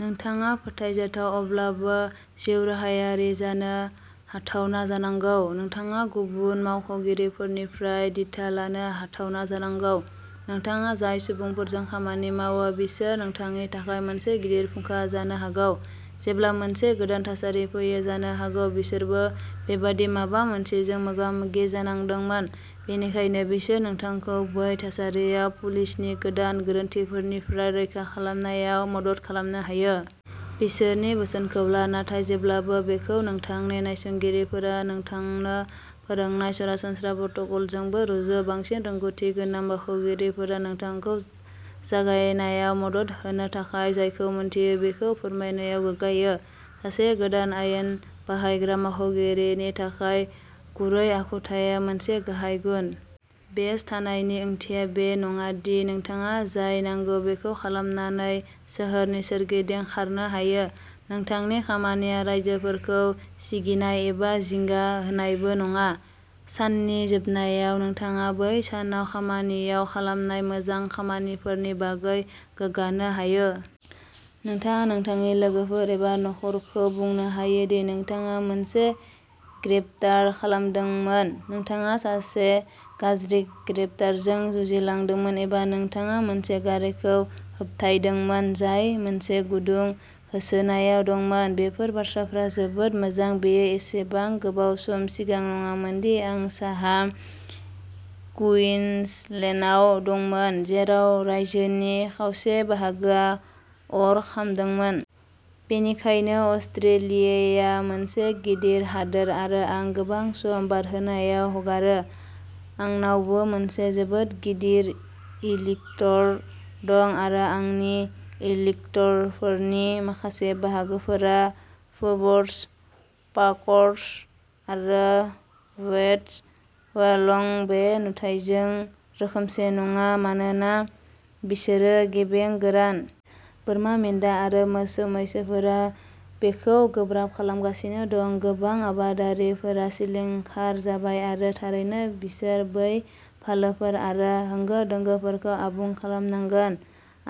नोंथाङा फोथायजाथाव, अब्लाबो जिउराहायारि जानो हाथावना जानांगौ। नोंथाङा गुबुन मावख'गिरिफोरनिफ्राय दिथा लानो हाथावना जानांगौ। नोंथाङा जाय सुबुंफोरजों खामानि मावो, बिसोर नोंथांनि थाखाय मोनसे गिदिर फुंखा जानो हागौ। जेब्ला मोनसे गोदान थासारि फैयो, जानो हागौ बिसोरबो बेबादि माबा मोनसेजों मोगा-मोगि जानांदोंमोन, बेनिखायनो बिसोर नोंथांखौ बै थासारियाव पुलिसनि गोदान गोरोन्थिफोरनिफ्राय रैखा खालामनायाव मदद खालामनो हायो। बिसोरनि बोसोनखौ ला, नाथाय जेब्लाबो बेखौ नोंथांनि नायसंगिरिफोरा नोंथांनो फोरोंनाय सरासनस्रा प्रट'कलजोंबो रुजु। बांसिन रोंग'थिगोनां मावख'गिरिफोरा नोंथांखौ जागायनायाव मदद होनो थाखाय जायखौ मिन्थियो बेखौ फोरमायनायाव गोग्गायो। सासे गोदान आयेन बाहायग्रा मावख'गिरिनि थाखाय गुरै आखुथाया मोनसे गाहाय गुन। बेज थानायनि ओंथिया बे नङा दि नोंथाङा जाय नांगौ बेखौ खालामनानै सोहोरनि सोरगिदिं खारनो हायो। नोंथांनि खामानिया राइजोफोरखौ सिगिनाय एबा जिंगा होनायबो नङा। साननि जोबनायाव, नोंथाङा बै सानाव खामानियाव खालामनाय मोजां खामानिफोरनि बागै गोग्गानो हायो। नोंथाङा नोंथांनि लोगोफोर एबा नखरखौ बुंनो हायो दि नोंथाङा मोनसे ग्रेप्तार खालामदोंमोन, नोंथाङा सासे गाज्रि ग्रेप्तारजों जुजिलांदोंमोन, एबा नोंथाङा मोनसे गारिखौ होबथायदोंमोन जाय मोनसे गुदुं होसोनायाव दंमोन। बेफोर बाथ्राफोरा जोबोद मोजां। बेयो एसेबां गोबाव सम सिगां नङामोन दि आं साहा कुइन्सलेन्डआव दंमोन, जेराव रायजोनि खावसे बाहागोआ अर खामदोंमोन। बेनिखायनो अस्ट्रेलियाया मोनसे गिदिर हादोर आरो आं गोबां सम बारहोनायाव हगारो। आंनावबो मोनसे जोबोद गिदिर इलेक्ट'र दं आरो आंनि इलेक्ट'रफोरनि माखासे बाहागोफोर-फोर्ब्स, पार्कस आरो वेस्ट व्यालं-बे नुथाइजों रोखोमसे नङा मानोना बिसोर बेगें गोरान। बोरमा मेन्दा आरो मोसौ-मैसोफोरा बेखौ गोब्राब खालामगासिनो दं। गोबां आबादारिफोरा सिलिंखार जाबाय आरो थारैनो बिसोर बै फालोफोर आरो होंगो-दोंगोफोरखौ आबुं खालामनांगोन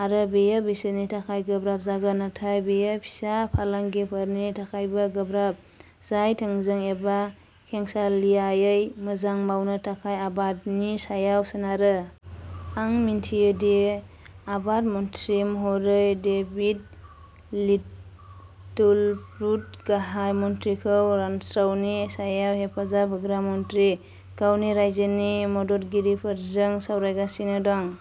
आरो बेयो बिसोरनि थाखाय गोब्राब जागोन। नाथाय बेयो फिसा फालांगिफोरनि थाखायबो गोब्राब जाय थोंजों एबा खेंसालियायै मोजां मावनो थाखाय आबादनि सायाव सोनारो। आं मिथियो दि आबाद मन्थ्रि महरै डेभिड लिटलप्रुड, गाहाय मन्थ्रिखौ रानस्रावनि सायाव हेफाजाब होग्रा मन्थ्रि, गावनि रायजोनि मददगिरिफोरजों सावरायगासिनो दं।